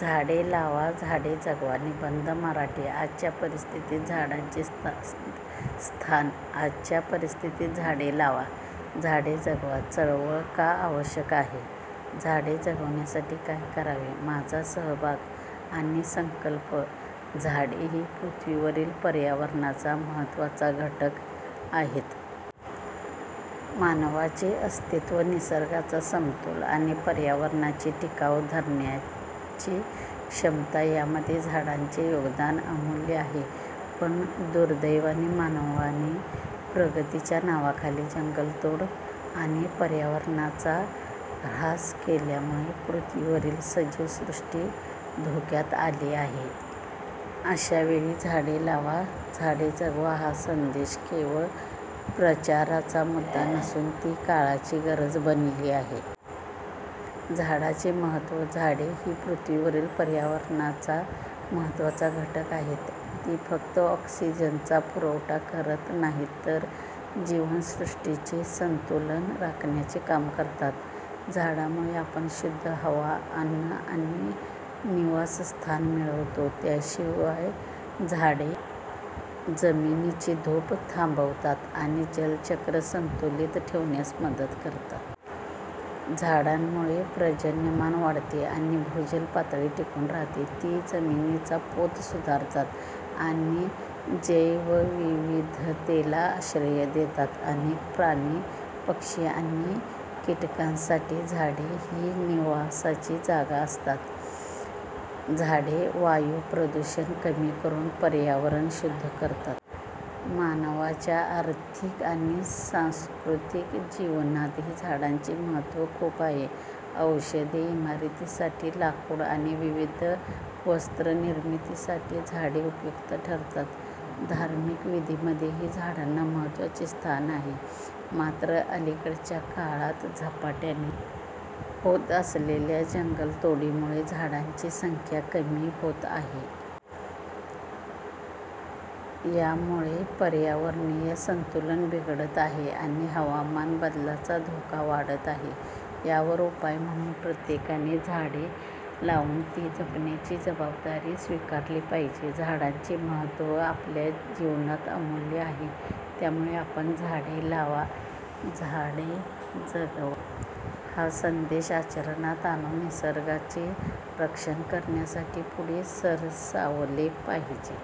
झाडे लावा, झाडे जगवा निबंध मराठी, आजच्या परिस्थितीत झाडांचे स्थान, आजच्या परिस्थितीत झाडे लावा, झाडे जगवा चळवळ का आवश्यक आहे? झाडे जगवण्यासाठी काय करावे? माझा सहभाग आणि संकल्प. झाडे ही पृथ्वीवरील पर्यावरणाचा महत्त्वाचा घटक आहेत. मानवाचे अस्तित्व, निसर्गाचा समतोल आणि पर्यावरणाची टिकाव धरण्याची क्षमता यामध्ये झाडांचे योगदान अमूल्य आहे. पण दुर्दैवाने, मानवाने प्रगतीच्या नावाखाली जंगलतोड आणि पर्यावरणाचा ऱ्हास केल्यामुळे पृथ्वीवरील सजीव सृष्टी धोक्यात आली आहे. अशा वेळी झाडे लावा, झाडे जगवा हा संदेश केवळ प्रचाराचा मुद्दा नसून, ती काळाची गरज बनली आहे. झाडांचे महत्त्व. झाडे ही पृथ्वीवरील पर्यावरणाचा महत्त्वाचा घटक आहेत. ती फक्त ऑक्सिजनचा पुरवठा करत नाहीत, तर जीवसृष्टीचे संतुलन राखण्याचे काम करतात. झाडांमुळे आपण शुद्ध हवा, अन्न आणि निवासस्थान मिळवतो. त्याशिवाय झाडे जमिनीची धूप थांबवतात आणि जलचक्र संतुलित ठेवण्यास मदत करतात. झाडांमुळे पर्जन्यमान वाढते आणि भूजल पातळी टिकून राहते. ती जमिनीचा पोत सुधारतात आणि जैवविविधतेला आश्रय देतात. अनेक प्राणी, पक्षी आणि कीटकांसाठी झाडे ही निवासाची जागा असतात. झाडे वायुप्रदूषण कमी करून पर्यावरण शुद्ध करतात. मानवाच्या आर्थिक आणि सांस्कृतिक जीवनातही झाडांचे महत्त्व खूप आहे. औषधे, इमारतीसाठी लाकूड आणि विविध वस्त्रनिर्मितीसाठी झाडे उपयुक्त ठरतात. धार्मिक विधींमध्येही झाडांना महत्त्वाचे स्थान आहे. मात्र, अलीकडच्या काळात झपाट्याने होत असलेल्या जंगलतोडीमुळे झाडांची संख्या कमी होत आहे. यामुळे पर्यावरणीय संतुलन बिघडत आहे आणि हवामान बदलाचा धोका वाढत आहे. यावर उपाय म्हणून प्रत्येकाने झाडे लावून ती जपण्याची जबाबदारी स्वीकारली पाहिजे. झाडांचे महत्त्व आपल्या जीवनात अमूल्य आहे. त्यामुळे आपण झाडे लावा, झाडे जगवा हा संदेश आचरणात आणून निसर्गाचे रक्षण करण्यासाठी पुढे सरसावले पाहिजे.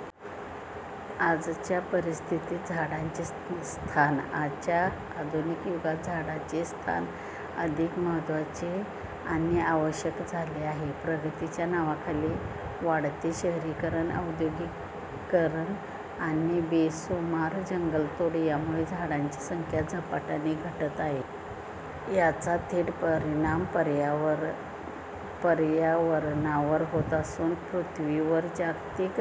आजच्या परिस्थितीत झाडांचे स्थान. आजच्या आधुनिक युगात झाडांचे स्थान अधिक महत्त्वाचे आणि आवश्यक झाले आहे. प्रगतीच्या नावाखाली वाढते शहरीकरण, औद्योगिकीकरण आणि बेसुमार जंगलतोड यामुळे झाडांची संख्या झपाट्याने घटत आहे. याचा थेट परिणाम पर्यावरणावर होत असून, पृथ्वीवर जागतिक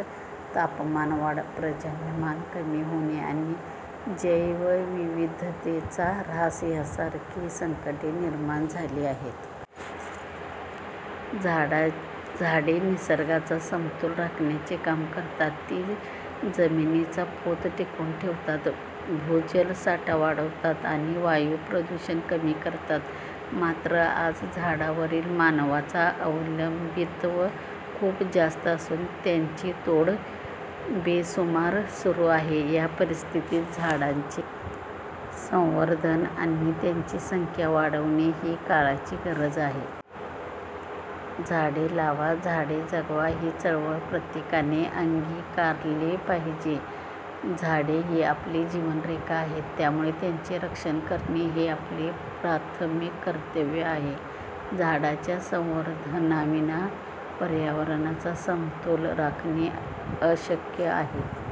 तापमानवाढ, पर्जन्यमान कमी होणे आणि जैवविविधतेचा ऱ्हास यासारखी संकटे निर्माण झाली आहेत. झाडे निसर्गाचा समतोल राखण्याचे काम करतात. ती जमिनीचा पोत टिकवून ठेवतात, भूजल साठा वाढवतात आणि वायुप्रदूषण कमी करतात. मात्र, आज झाडांवरील मानवाचा अवलंबित्व खूप जास्त असून, त्यांची तोड बेसुमार सुरू आहे. या परिस्थितीत झाडांचे संवर्धन आणि त्यांची संख्या वाढवणे ही काळाची गरज आहे. झाडे लावा, झाडे जगवा ही चळवळ प्रत्येकाने अंगीकारली पाहिजे. झाडे ही आपली जीवनरेखा आहेत, त्यामुळे त्यांचे रक्षण करणे हे आपले प्राथमिक कर्तव्य आहे. झाडांच्या संवर्धनाविना पर्यावरणाचा समतोल राखणे अशक्य आहे.